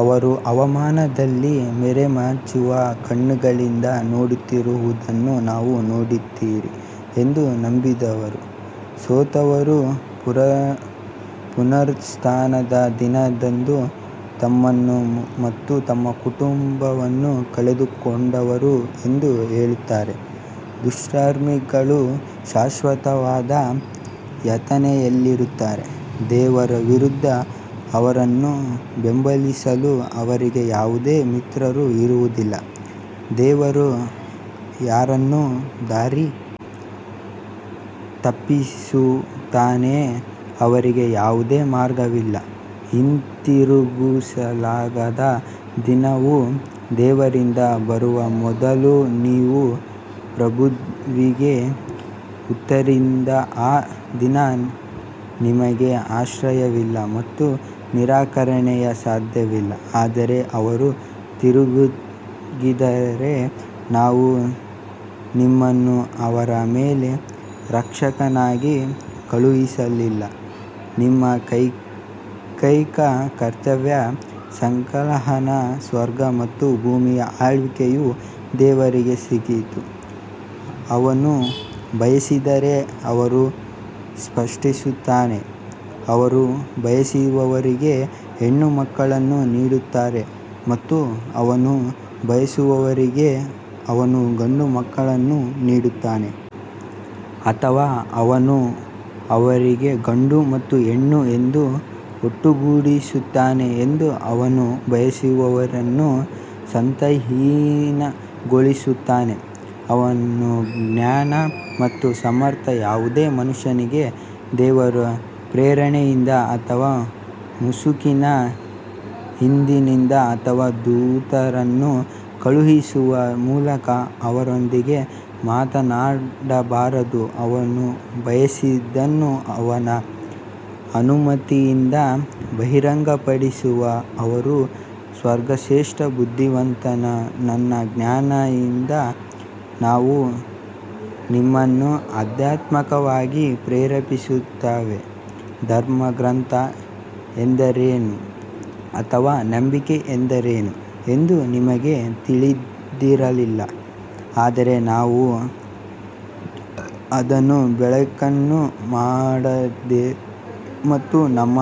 ಅವರು ಅವಮಾನದಿಂದ ಮರೆಮಾಚುವ ಕಣ್ಣುಗಳಿಂದ ನೋಡುತ್ತಿರುವುದನ್ನು ನೀವು ನೋಡುತ್ತೀರಿ ಎಂದು ನಂಬಿದವರು ಸೋತವರು ಪುನರುತ್ಥಾನದ ದಿನದಂದು ತಮ್ಮನ್ನು ಮತ್ತು ತಮ್ಮ ಕುಟುಂಬವನ್ನು ಕಳೆದುಕೊಂಡವರು ಎಂದು ಹೇಳುತ್ತಾರೆ, ದುಷ್ಕರ್ಮಿಗಳು ಶಾಶ್ವತವಾದ ಯಾತನೆಯಲ್ಲಿದ್ದಾರೆ. ದೇವರ ವಿರುದ್ಧ ಅವರನ್ನು ಬೆಂಬಲಿಸಲು ಅವರಿಗೆ ಯಾವುದೇ ಮಿತ್ರರು ಇರುವುದಿಲ್ಲ, ದೇವರು ಯಾರನ್ನು ದಾರಿ ತಪ್ಪಿಸುತ್ತಾನೋ ಅವರಿಗೆ ಯಾವುದೇ ಮಾರ್ಗವಿಲ್ಲ ಹಿಂತಿರುಗಿಸಲಾಗದ ದಿನವು ದೇವರಿಂದ ಬರುವ ಮೊದಲು ನಿಮ್ಮ ಪ್ರಭುವಿಗೆ ಉತ್ತರಿಸಿ ಆ ದಿನ ನಿಮಗೆ ಆಶ್ರಯವಿಲ್ಲ ಮತ್ತು ನಿರಾಕರಣೆಯ ಸಾಧ್ಯತೆಯಿಲ್ಲ ಆದರೆ ಅವರು ತಿರುಗಿದರೆ ನಾವು ನಿಮ್ಮನ್ನು ಅವರ ಮೇಲೆ ರಕ್ಷಕನಾಗಿ ಕಳುಹಿಸಲಿಲ್ಲ ನಿಮ್ಮ ಏಕೈಕ ಕರ್ತವ್ಯ ಸಂವಹನ ಸ್ವರ್ಗ ಮತ್ತು ಭೂಮಿಯ ಆಳ್ವಿಕೆಯು ದೇವರಿಗೆ ಸೇರಿದ್ದು, ಅವನು ಬಯಸಿದ್ದನ್ನು ಅವನು ಸೃಷ್ಟಿಸುತ್ತಾನೆ, ಅವನು ಬಯಸಿದವರಿಗೆ ಹೆಣ್ಣುಮಕ್ಕಳನ್ನು ನೀಡುತ್ತಾನೆ ಮತ್ತು ಅವನು ಬಯಸಿದವರಿಗೆ ಅವನು ಗಂಡುಮಕ್ಕಳನ್ನು ನೀಡುತ್ತಾನೆ. ಅಥವಾ ಅವನು ಅವರನ್ನು ಗಂಡು ಮತ್ತು ಹೆಣ್ಣು ಎಂದು ಒಟ್ಟುಗೂಡಿಸುತ್ತಾನೆ ಮತ್ತು ಅವನು ಬಯಸಿದವರನ್ನು ಸಂತಾನಹೀನಗೊಳಿಸುತ್ತಾನೆ ಅವನು ಜ್ಞಾನ ಮತ್ತು ಸಮರ್ಥ ಯಾವುದೇ ಮನುಷ್ಯನಿಗೆ ದೇವರು ಪ್ರೇರಣೆಯಿಂದ ಅಥವಾ ಮುಸುಕಿನ ಹಿಂದಿನಿಂದ ಅಥವಾ ದೂತರನ್ನು ಕಳುಹಿಸುವ ಮೂಲಕ ಅವನೊಂದಿಗೆ ಮಾತನಾಡಬಾರದು, ಅವನು ಬಯಸಿದ್ದನ್ನು ಅವನ ಅನುಮತಿಯಿಂದ ಬಹಿರಂಗಪಡಿಸಲು ಅವನು ಸರ್ವಶ್ರೇಷ್ಠ ಬುದ್ಧಿವಂತನು ನಮ್ಮ ಆಜ್ಞೆಯಿಂದ ನಾವು ನಿಮ್ಮನ್ನು ಆಧ್ಯಾತ್ಮಿಕವಾಗಿ ಪ್ರೇರೇಪಿಸಿದ್ದೇವೆ, ಧರ್ಮಗ್ರಂಥ ಎಂದರೇನು ಅಥವಾ ನಂಬಿಕೆ ಎಂದರೇನು ಎಂದು ನಿಮಗೆ ತಿಳಿದಿರಲಿಲ್ಲ ಆದರೆ ನಾವು ಅದನ್ನು ಬೆಳಕನ್ನು ಮಾಡಿದ್ದೇವೆ ಮತ್ತು ನಮ್ಮ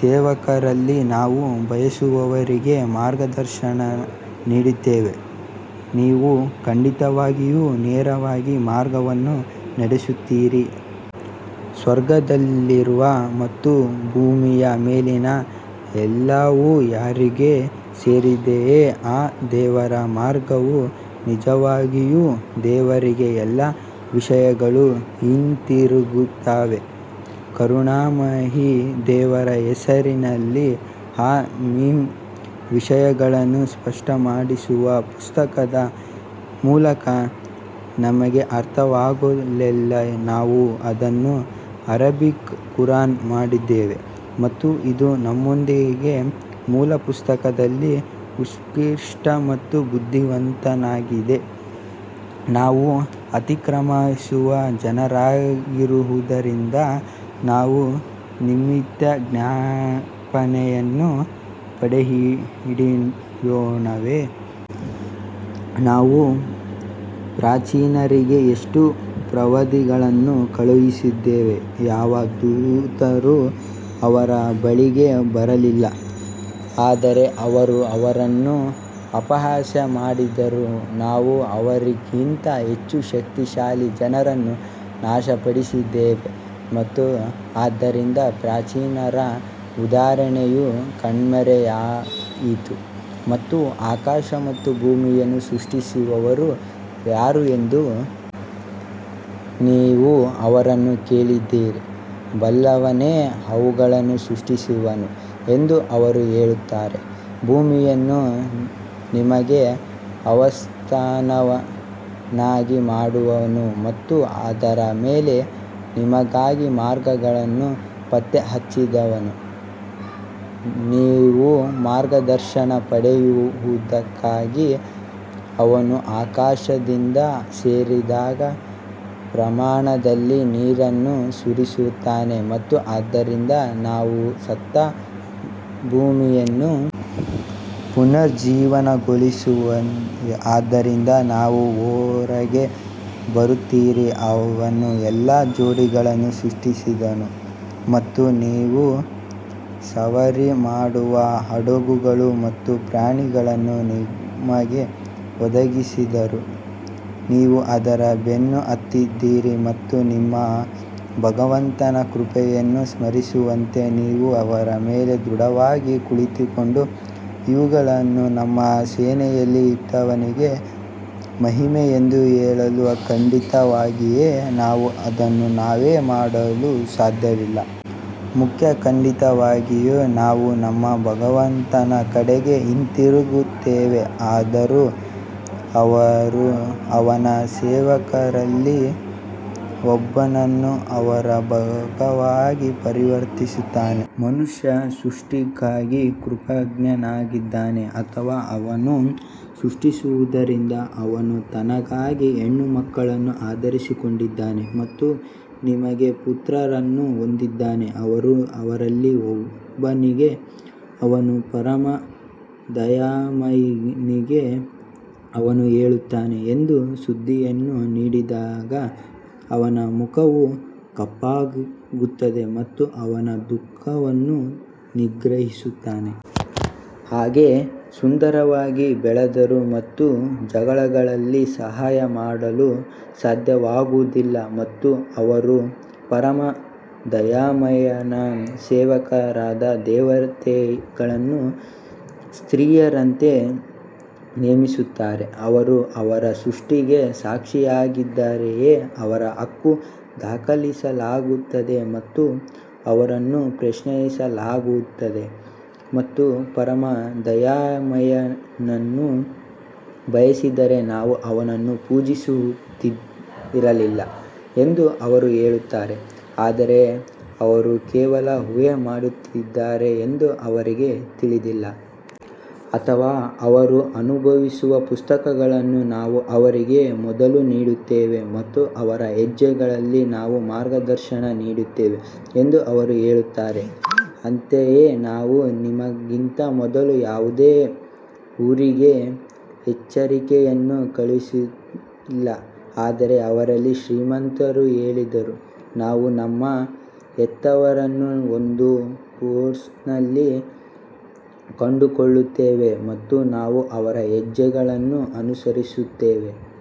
ಸೇವಕರಲ್ಲಿ ನಾವು ಬಯಸುವವರಿಗೆ ಮಾರ್ಗದರ್ಶನ ನೀಡುತ್ತೇವೆ, ನೀವು ಖಂಡಿತವಾಗಿಯೂ ನೇರವಾದ ಮಾರ್ಗವನ್ನು ನಡೆಸುತ್ತೀರಿ. ಸ್ವರ್ಗದಲ್ಲಿರುವ ಮತ್ತು ಭೂಮಿಯ ಮೇಲಿನ ಎಲ್ಲವೂ ಯಾರಿಗೆ ಸೇರಿದೆಯೋ ಆ ದೇವರ ಮಾರ್ಗವು ನಿಜವಾಗಿಯೂ ದೇವರಿಗೆ ಎಲ್ಲಾ ವಿಷಯಗಳು ಹಿಂತಿರುಗುತ್ತವೆ ಕರುಣಾಮಯಿ ದೇವರ ಹೆಸರಿನಲ್ಲಿ ಹಾ ಮೀಮ್ ವಿಷಯಗಳನ್ನು ಸ್ಪಷ್ಟಪಡಿಸುವ ಪುಸ್ತಕದ ಮೂಲಕ ನಿಮಗೆ ಅರ್ಥವಾಗಲೆಂದು ನಾವು ಅದನ್ನು ಅರೇಬಿಕ್ ಖುರಾನ್ ಮಾಡಿದ್ದೇವೆ ಮತ್ತು ಇದು ನಮ್ಮೊಂದಿಗೆ ಮೂಲ ಪುಸ್ತಕದಲ್ಲಿ ಉತ್ಕೃಷ್ಟ ಮತ್ತು ಬುದ್ಧಿವಂತವಾಗಿದೆ ನೀವು ಅತಿಕ್ರಮಿಸುವ ಜನರಾಗಿರುವುದರಿಂದ ನಾವು ನಿಮ್ಮಿಂದ ಜ್ಞಾಪನೆಯನ್ನು ತಡೆಹಿಡಿಯೋಣವೇ? ನಾವು ಪ್ರಾಚೀನರಿಗೆ ಎಷ್ಟು ಪ್ರವಾದಿಗಳನ್ನು ಕಳುಹಿಸಿದ್ದೇವೆ ಯಾವ ದೂತರೂ ಅವರ ಬಳಿಗೆ ಬರಲಿಲ್ಲ ಆದರೆ ಅವರು ಅವನನ್ನು ಅಪಹಾಸ್ಯ ಮಾಡಿದರು ನಾವು ಅವರಿಗಿಂತ ಹೆಚ್ಚು ಶಕ್ತಿಶಾಲಿ ಜನರನ್ನು ನಾಶಪಡಿಸಿದ್ದೇವೆ ಮತ್ತು ಆದ್ದರಿಂದ ಪ್ರಾಚೀನರ ಉದಾಹರಣೆಯು ಕಣ್ಮರೆಯಾಯಿತು ಮತ್ತು ಆಕಾಶ ಮತ್ತು ಭೂಮಿಯನ್ನು ಸೃಷ್ಟಿಸಿದವರು ಯಾರು ಎಂದು ನೀವು ಅವರನ್ನು ಕೇಳಿದರೆ, ಬಲ್ಲವನೇ ಅವುಗಳನ್ನು ಸೃಷ್ಟಿಸಿದನು ಎಂದು ಅವರು ಹೇಳುತ್ತಾರೆ ಭೂಮಿಯನ್ನು ನಿಮಗೆ ಆವಾಸಸ್ಥಾನವನ್ನಾಗಿ ಮಾಡಿದವನು ಮತ್ತು ಅದರ ಮೇಲೆ ನಿಮಗಾಗಿ ಮಾರ್ಗಗಳನ್ನು ಪತ್ತೆಹಚ್ಚಿದವನು ನೀವು ಮಾರ್ಗದರ್ಶನ ಪಡೆಯುವುದಕ್ಕಾಗಿ ಅವನು ಆಕಾಶದಿಂದ ಸರಿಯಾದ ಪ್ರಮಾಣದಲ್ಲಿ ನೀರನ್ನು ಸುರಿಸುತ್ತಾನೆ ಮತ್ತು ಆದ್ದರಿಂದ ನಾವು ಸತ್ತ ಭೂಮಿಯನ್ನು ಪುನರುಜ್ಜೀವನಗೊಳಿಸುತ್ತೇವೆ ಆದ್ದರಿಂದ ನೀವು ಹೊರಗೆ ಬರುತ್ತೀರಿ ಅವನು ಎಲ್ಲಾ ಜೋಡಿಗಳನ್ನು ಸೃಷ್ಟಿಸಿದನು ಮತ್ತು ನೀವು ಸವಾರಿ ಮಾಡುವ ಹಡಗುಗಳು ಮತ್ತು ಪ್ರಾಣಿಗಳನ್ನು ನಿಮಗೆ ಒದಗಿಸಿದನು ನೀವು ಅವರ ಬೆನ್ನು ಹತ್ತಿದಿರಿ ಮತ್ತು ನಿಮ್ಮ ಭಗವಂತನ ಕೃಪೆಯನ್ನು ಸ್ಮರಿಸುವಂತೆ ನೀವು ಅವರ ಮೇಲೆ ದೃಢವಾಗಿ ಕುಳಿತುಕೊಂಡು, ಇವುಗಳನ್ನು ನಮ್ಮ ಸೇವೆಯಲ್ಲಿ ಇಟ್ಟವನಿಗೆ ಮಹಿಮೆ ಎಂದು ಹೇಳಲು ಖಂಡಿತವಾಗಿಯೂ ನಾವು ಅದನ್ನು ನಾವೇ ಮಾಡಲು ಸಾಧ್ಯವಿಲ್ಲ. ಮತ್ತು ಖಂಡಿತವಾಗಿಯೂ ನಾವು ನಮ್ಮ ಭಗವಂತನ ಕಡೆಗೆ ಹಿಂತಿರುಗುತ್ತೇವೆ ಆದರೂ ಅವರು ಅವನ ಸೇವಕರಲ್ಲಿ ಒಬ್ಬನನ್ನು ಅವನ ಭಾಗವಾಗಿ ಪರಿವರ್ತಿಸುತ್ತಾರೆ, ಮನುಷ್ಯ ಸ್ಪಷ್ಟವಾಗಿ ಕೃತಘ್ನನಾಗಿದ್ದಾನೆ ಅಥವಾ ಅವನು ಸೃಷ್ಟಿಸುವದರಿಂದ ಅವನು ತನಗಾಗಿ ಹೆಣ್ಣುಮಕ್ಕಳನ್ನು ಆರಿಸಿಕೊಂಡಿದ್ದಾನೆ ಮತ್ತು ನಿಮಗೆ ಪುತ್ರರನ್ನು ಹೊಂದಿದ್ದಾನೆ ಆದರೂ ಅವರಲ್ಲಿ ಒಬ್ಬನಿಗೆ ಅವನು ಪರಮ ದಯಾಮಯನಿಗೆ ಏನನ್ನು ಹೇಳುತ್ತಾನೆ ಎಂಬ ಸುದ್ದಿಯನ್ನು ನೀಡಿದಾಗ ಅವನ ಮುಖವು ಕಪ್ಪಾಗುತ್ತದೆ ಮತ್ತು ಅವನು ದುಃಖವನ್ನು ನಿಗ್ರಹಿಸುತ್ತಾನೆ. ಯಾರೋ ಸುಂದರವಾಗಿ ಬೆಳೆದರು ಮತ್ತು ಜಗಳದಲ್ಲಿ ಸಹಾಯ ಮಾಡಲು ಸಾಧ್ಯವಾಗುವುದಿಲ್ಲ ಮತ್ತು ಅವರು ಪರಮ ದಯಾಮಯನ ಸೇವಕರಾದ ದೇವತೆಗಳನ್ನು ಸ್ತ್ರೀಯರಂತೆ ನೇಮಿಸುತ್ತಾರೆ ಅವರು ಅವರ ಸೃಷ್ಟಿಗೆ ಸಾಕ್ಷಿಯಾಗಿದ್ದಾರೆಯೇ ಅವರ ಹಕ್ಕು ದಾಖಲಿಸಲಾಗುತ್ತದೆ ಮತ್ತು ಅವರನ್ನು ಪ್ರಶ್ನಿಸಲಾಗುತ್ತದೆ. ಮತ್ತು ಪರಮ ದಯಾಮಯನು ಬಯಸಿದ್ದರೆ ನಾವು ಅವರನ್ನು ಪೂಜಿಸುತ್ತಿರಲಿಲ್ಲ ಎಂದು ಅವರು ಹೇಳುತ್ತಾರೆ ಆದರೆ ಅವರು ಕೇವಲ ಊಹೆ ಮಾಡುತ್ತಿದ್ದಾರೆ ಎಂದು ಅವರಿಗೆ ತಿಳಿದಿಲ್ಲ. ಅಥವಾ ಅವರು ಅನುಸರಿಸುವ ಪುಸ್ತಕವನ್ನು ನಾವು ಅವರಿಗೆ ಮೊದಲು ನೀಡಿದ್ದೇವೆ ಮತ್ತು ಅವರ ಹೆಜ್ಜೆಯಲ್ಲಿ ನಾವು ಮಾರ್ಗದರ್ಶನ ನೀಡುತ್ತೇವೆ ಎಂದು ಅವರು ಹೇಳುತ್ತಾರೆ ಅಂತೆಯೇ ನಾವು ನಿಮಗಿಂತ ಮೊದಲು ಯಾವುದೇ ಊರಿಗೆ ಎಚ್ಚರಿಕೆಯನ್ನು ಕಳುಹಿಸಿಲ್ಲ ಆದರೆ ಅವರಲ್ಲಿ ಶ್ರೀಮಂತರು ಹೇಳಿದರು, ನಾವು ನಮ್ಮ ಹೆತ್ತವರನ್ನು ಒಂದು ಕೋರ್ಸ್ನಲ್ಲಿ ಕಂಡುಕೊಂಡಿದ್ದೇವೆ ಮತ್ತು ನಾವು ಅವರ ಹೆಜ್ಜೆಗಳನ್ನು ಅನುಸರಿಸುತ್ತಿದ್ದೇವೆ.